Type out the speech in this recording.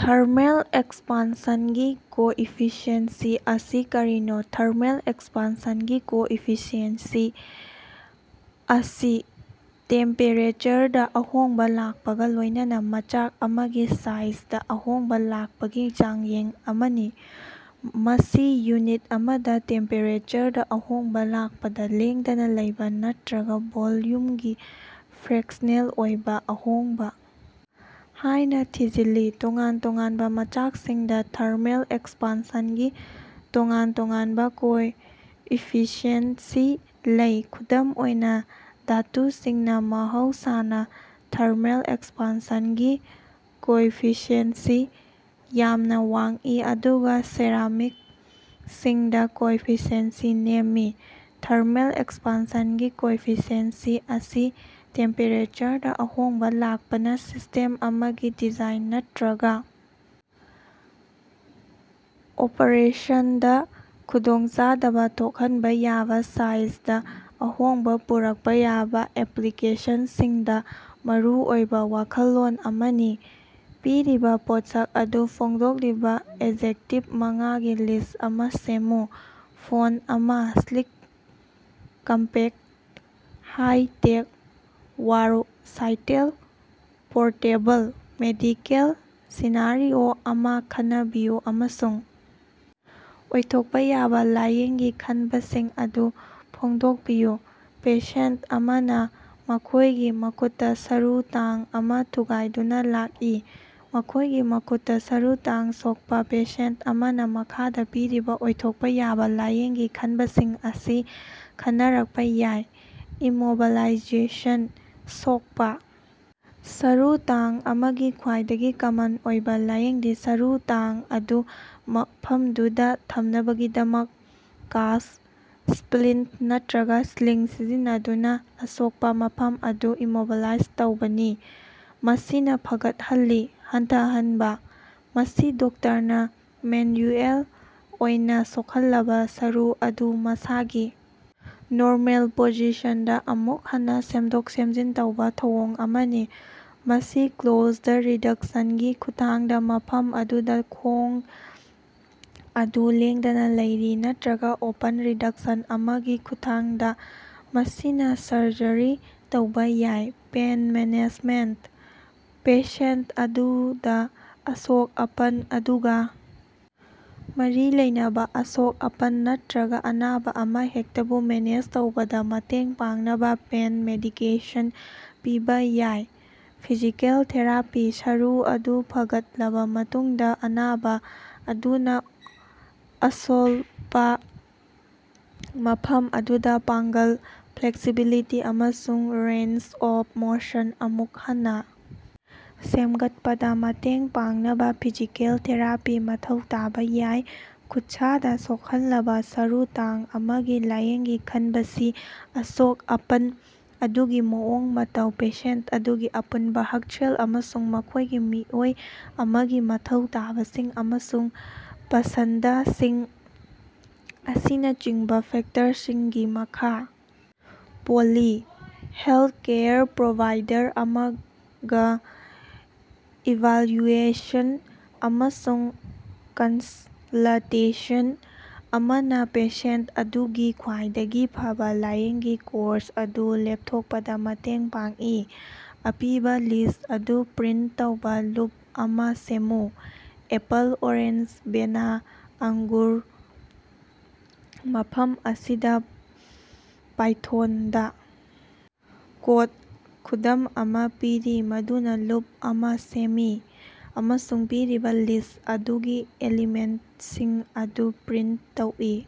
Thermal ꯑꯦꯛꯁꯄꯥꯟꯁꯟꯒꯤ coefficient ꯑꯁꯤ ꯀꯔꯤꯅꯣ? ꯊꯔꯃꯦꯜ ꯑꯦꯛꯁꯄꯥꯟꯁꯟꯒꯤ ꯀꯣꯏꯐꯤꯁꯤꯑꯦꯟꯁꯤ ꯑꯁꯤ ꯇꯦꯝꯄꯦꯔꯦꯆꯔꯗ ꯑꯍꯣꯡꯕ ꯂꯥꯛꯄꯒ ꯂꯣꯏꯅꯅ ꯃꯆꯥꯛ ꯑꯃꯒꯤ ꯁꯥꯏꯖꯗ ꯑꯍꯣꯡꯕ ꯂꯥꯛꯄꯒꯤ ꯆꯥꯡꯌꯦꯡ ꯑꯃꯅꯤ꯫ ꯃꯁꯤ ꯌꯨꯅꯤꯠ ꯑꯃꯗ ꯇꯦꯝꯄꯦꯔꯦꯆꯔꯗ ꯑꯍꯣꯡꯕ ꯂꯥꯛꯄꯗ ꯂꯦꯡꯗꯅ ꯂꯩꯕ ꯅꯠꯇ꯭ꯔꯒ ꯚꯣꯜꯌꯨꯝꯒꯤ ꯐ꯭ꯔꯦꯛꯁꯅꯦꯜ ꯑꯣꯏꯕ ꯑꯍꯣꯡꯕ ꯍꯥꯏꯅ ꯊꯤꯖꯤꯜꯂꯤ꯫ ꯇꯣꯉꯥꯟ-ꯇꯣꯉꯥꯟꯕ ꯃꯆꯥꯛꯁꯤꯡꯗ ꯊꯔꯃꯦꯜ ꯑꯦꯛꯁꯄꯥꯟꯁꯟꯒꯤ ꯇꯣꯉꯥꯟ-ꯇꯣꯉꯥꯟꯕ ꯀꯣꯏꯐꯤꯁꯤꯑꯦꯟꯁꯤ ꯂꯩ꯫ ꯈꯨꯗꯝ ꯑꯣꯏꯅ ꯙꯥꯇꯨꯁꯤꯡꯅ ꯃꯍꯧꯁꯥꯅ ꯊꯔꯃꯦꯜ ꯑꯦꯛꯁꯄꯥꯟꯁꯟꯒꯤ ꯀꯣꯏꯐꯤꯁꯤꯑꯦꯟꯁꯤ ꯌꯥꯝꯅ ꯋꯥꯡꯏ ꯑꯗꯨꯒ ꯁꯦꯔꯥꯃꯤꯛꯁꯤꯡꯗ ꯀꯣꯏꯐꯤꯁꯤꯑꯦꯟꯁꯤ ꯅꯦꯝꯃꯤ꯫ ꯊꯔꯃꯦꯜ ꯑꯦꯛꯁꯄꯥꯟꯁꯟꯒꯤ ꯀꯣꯏꯐꯤꯁꯤꯑꯦꯟꯁꯤ ꯑꯁꯤ ꯇꯦꯝꯄꯦꯔꯦꯆꯔꯗ ꯑꯍꯣꯡꯕ ꯂꯥꯛꯄꯅ ꯁꯤꯁꯇꯦꯝ ꯑꯃꯒꯤ ꯗꯤꯖꯥꯏꯟ ꯅꯠꯇ꯭ꯔꯒ ꯑꯣꯄꯔꯦꯁꯟꯗ ꯈꯨꯗꯣꯡꯆꯥꯗꯕ ꯊꯣꯛꯍꯟꯕ ꯌꯥꯕ ꯁꯥꯏꯖꯗ ꯑꯍꯣꯡꯕ ꯄꯨꯔꯛꯄ ꯌꯥꯕ ꯑꯦꯄ꯭ꯂꯤꯀꯦꯁꯟꯁꯤꯡꯗ ꯃꯔꯨꯑꯣꯏꯕ ꯋꯥꯈꯜꯂꯣꯟ ꯑꯃꯅꯤ꯫ ꯄꯤꯔꯤꯕ ꯄꯣꯠꯁꯛ ꯑꯗꯨ ꯐꯣꯡꯗꯣꯛꯂꯤꯕ ꯑꯦꯖꯦꯛꯇꯤꯚ ꯃꯉꯥꯒꯤ ꯂꯤꯁ꯭ꯠ ꯑꯃ ꯁꯦꯝꯃꯨ꯫ ꯐꯣꯟ ꯑꯃ꯫ Sleek compact high tech versatile portable. Medical scenario ꯑꯃ ꯈꯟꯅꯕꯤꯌꯨ ꯑꯃꯁꯨꯡ ꯑꯣꯏꯊꯣꯛꯄ ꯌꯥꯕ ꯂꯥꯏꯌꯦꯡꯒꯤ ꯈꯟꯕꯁꯤꯡ ꯑꯗꯨ ꯐꯣꯡꯗꯣꯛꯄꯤꯌꯨ꯫ ꯄꯦꯁꯦꯟꯇ ꯑꯃꯅ ꯃꯈꯣꯏꯒꯤ ꯃꯈꯨꯠꯇ ꯁꯔꯨ ꯇꯥꯡ ꯑꯃ ꯊꯨꯒꯥꯏꯗꯨꯅ ꯂꯥꯛꯏ꯫ ꯃꯈꯣꯏꯒꯤ ꯃꯈꯨꯠꯇ ꯁꯔꯨ ꯇꯥꯡ ꯁꯣꯛꯄ ꯄꯦꯁꯦꯟꯇ ꯑꯃꯅ ꯃꯈꯥꯗ ꯄꯤꯔꯤꯕ ꯑꯣꯏꯊꯣꯛꯄ ꯌꯥꯕ ꯂꯥꯏꯌꯦꯡꯒꯤ ꯈꯟꯕꯁꯤꯡ ꯑꯁꯤ ꯈꯟꯅꯔꯛꯄ ꯌꯥꯏ: ꯏꯃꯣꯕꯤꯂꯥꯏꯖꯦꯁꯟ: ꯁꯣꯛꯄ ꯁꯔꯨ ꯇꯥꯡ ꯑꯃꯒꯤ ꯈ꯭ꯋꯥꯏꯗꯒꯤ ꯀꯃꯟ ꯑꯣꯏꯕ ꯂꯥꯏꯌꯦꯡꯗꯤ, ꯁꯔꯨ ꯇꯥꯡ ꯑꯗꯨ ꯃꯐꯝꯗꯨꯗ ꯊꯝꯅꯕꯒꯤꯗꯃꯛ ꯀꯥꯁ, ꯁ꯭ꯄꯂꯤꯟꯇ ꯅꯠꯇ꯭ꯔꯒ ꯁ꯭ꯂꯤꯡ ꯁꯤꯖꯤꯟꯅꯗꯨꯅ ꯑꯁꯣꯛꯄ ꯃꯐꯝ ꯑꯗꯨ ꯏꯃꯣꯕꯤꯂꯥꯏꯖ ꯇꯧꯕꯅꯤ꯫ ꯃꯁꯤꯅ ꯐꯒꯠꯍꯜꯂꯤ꯫ ꯍꯟꯊꯍꯟꯕ: ꯃꯁꯤ ꯗꯣꯛꯇꯔꯅ ꯃꯦꯟꯌꯨꯑꯦꯜ ꯑꯣꯏꯅ ꯁꯣꯛꯍꯜꯂꯕ ꯁꯔꯨ ꯑꯗꯨ ꯃꯁꯥꯒꯤ ꯅꯣꯔꯃꯦꯜ ꯄꯣꯖꯤꯁꯟꯗ ꯑꯃꯨꯛ ꯍꯟꯅ ꯁꯦꯝꯗꯣꯛ-ꯁꯦꯝꯖꯤꯟ ꯇꯧꯕ ꯊꯧꯑꯣꯡ ꯑꯃꯅꯤ꯫ ꯃꯁꯤ ꯀ꯭ꯂꯣꯖꯗ ꯔꯤꯗꯛꯁꯟꯒꯤ ꯈꯨꯠꯊꯥꯡꯗ ꯃꯐꯝ ꯑꯗꯨꯗ ꯈꯣꯡ ꯑꯗꯨ ꯂꯦꯡꯗꯅ ꯂꯩꯔꯤ ꯅꯠꯇ꯭ꯔꯒ ꯑꯣꯄꯟ ꯔꯤꯗꯛꯁꯟ ꯑꯃꯒꯤ ꯈꯨꯠꯊꯥꯡꯗ ꯃꯁꯤꯗ ꯁꯔꯖꯔꯤ ꯇꯧꯕ ꯌꯥꯏ꯫ ꯄꯦꯟ ꯃꯦꯅꯦꯖꯃꯦꯟꯇ: ꯄꯦꯁꯦꯟꯇ ꯑꯗꯨꯗ ꯑꯁꯣꯛ-ꯑꯄꯟ ꯑꯗꯨꯒ ꯃꯔꯤ ꯂꯩꯅꯕ ꯑꯁꯣꯛ-ꯑꯄꯟ ꯅꯠꯇ꯭ꯔꯒ ꯑꯅꯥꯕ ꯑꯃꯍꯦꯛꯇꯕꯨ ꯃꯦꯅꯦꯖ ꯇꯧꯕꯗ ꯃꯇꯦꯡ ꯄꯥꯡꯅꯕ ꯄꯦꯟ ꯃꯦꯗꯤꯀꯦꯁꯟ ꯄꯤꯕ ꯌꯥꯏ꯫ ꯐꯤꯖꯤꯀꯦꯜ ꯊꯦꯔꯥꯄꯤ: ꯁꯔꯨ ꯑꯗꯨ ꯐꯒꯠꯂꯕ ꯃꯇꯨꯡꯗ, ꯑꯅꯥꯕ ꯑꯗꯨꯅ ꯑꯁꯣꯜꯄ ꯃꯐꯝ ꯑꯗꯨꯗ ꯄꯥꯡꯒꯜ, ꯐ꯭ꯂꯦꯛꯁꯤꯕꯤꯂꯤꯇꯤ ꯑꯃꯁꯨꯡ ꯔꯦꯟꯖ ꯑꯣꯐ ꯃꯣꯁꯟ ꯑꯃꯨꯛ ꯍꯟꯅ ꯁꯦꯝꯒꯠꯄꯗ ꯃꯇꯦꯡ ꯄꯥꯡꯅꯕ ꯐꯤꯖꯤꯀꯦꯜ ꯊꯦꯔꯥꯄꯤ ꯃꯊꯧ ꯇꯥꯕ ꯌꯥꯏ꯫ ꯈꯨꯠꯁꯥꯗ ꯁꯣꯛꯍꯜꯂꯕ ꯁꯔꯨ ꯇꯥꯡ ꯑꯃꯒꯤ ꯂꯥꯏꯌꯦꯡꯒꯤ ꯈꯟꯕꯁꯤ ꯑꯁꯣꯛ-ꯑꯄꯟ ꯑꯗꯨꯒꯤ ꯃꯑꯣꯡ-ꯃꯇꯧ, ꯄꯦꯁꯦꯟꯇ ꯑꯗꯨꯒꯤ ꯑꯄꯨꯟꯕ ꯍꯛꯁꯦꯜ ꯑꯃꯁꯨꯡ ꯃꯈꯣꯢꯒꯤ ꯃꯤꯑꯣꯏ ꯑꯃꯒꯤ ꯃꯊꯧ ꯇꯥꯕꯁꯤꯡ ꯑꯃꯁꯨꯡ ꯄꯁꯟꯗꯁꯤꯡ ꯑꯁꯤꯅꯆꯤꯡꯕ ꯐꯦꯛꯇꯔꯁꯤꯡꯒꯤ ꯃꯈꯥ ꯄꯣꯜꯂꯤ꯫ ꯍꯦꯜꯊꯀꯦꯌꯔ ꯄ꯭ꯔꯣꯚꯥꯏꯗꯔ ꯑꯃꯒ ꯏꯚꯥꯜꯌꯨꯑꯦꯁꯟ ꯑꯃꯁꯨꯡ ꯀꯟꯁꯂꯇꯦꯁꯟ ꯑꯃꯅ ꯄꯦꯁꯦꯟꯇ ꯑꯗꯨꯒꯤ ꯈ꯭ꯋꯥꯏꯗꯒꯤ ꯐꯕ ꯂꯥꯏꯌꯦꯡꯒꯤ ꯀꯣꯔꯁ ꯑꯗꯨ ꯂꯦꯞꯊꯣꯛꯄꯗ ꯃꯇꯦꯡ ꯄꯥꯡꯏ꯫ ꯑꯄꯤꯕ ꯂꯤꯁ꯭ꯠ ꯑꯗꯨ ꯄ꯭ꯔꯤꯟꯇ ꯇꯧꯕ ꯂꯨꯞ ꯑꯃ ꯁꯦꯝꯃꯨ꯫ ꯑꯦꯄꯜ, ꯑꯣꯔꯦꯟꯖ, ꯕꯦꯅꯥ, ꯑꯪꯒ꯭ꯔꯨ꯫ ꯃꯐꯝ ꯑꯁꯤꯗ ꯄꯥꯏꯊꯣꯟꯗ ꯀꯣꯗ ꯈꯨꯗꯝ ꯑꯃ ꯄꯤꯔꯤ ꯃꯗꯨꯅ ꯂꯨꯞ ꯑꯃ ꯁꯦꯝꯃꯤ ꯑꯃꯁꯨꯡ ꯄꯤꯔꯤꯕ ꯂꯤꯁ꯭ꯠ ꯑꯗꯨꯒꯤ ꯑꯦꯂꯤꯃꯦꯟꯇꯁꯤꯡ ꯑꯗꯨ ꯄ꯭ꯔꯤꯟꯇ ꯇꯧꯏ꯫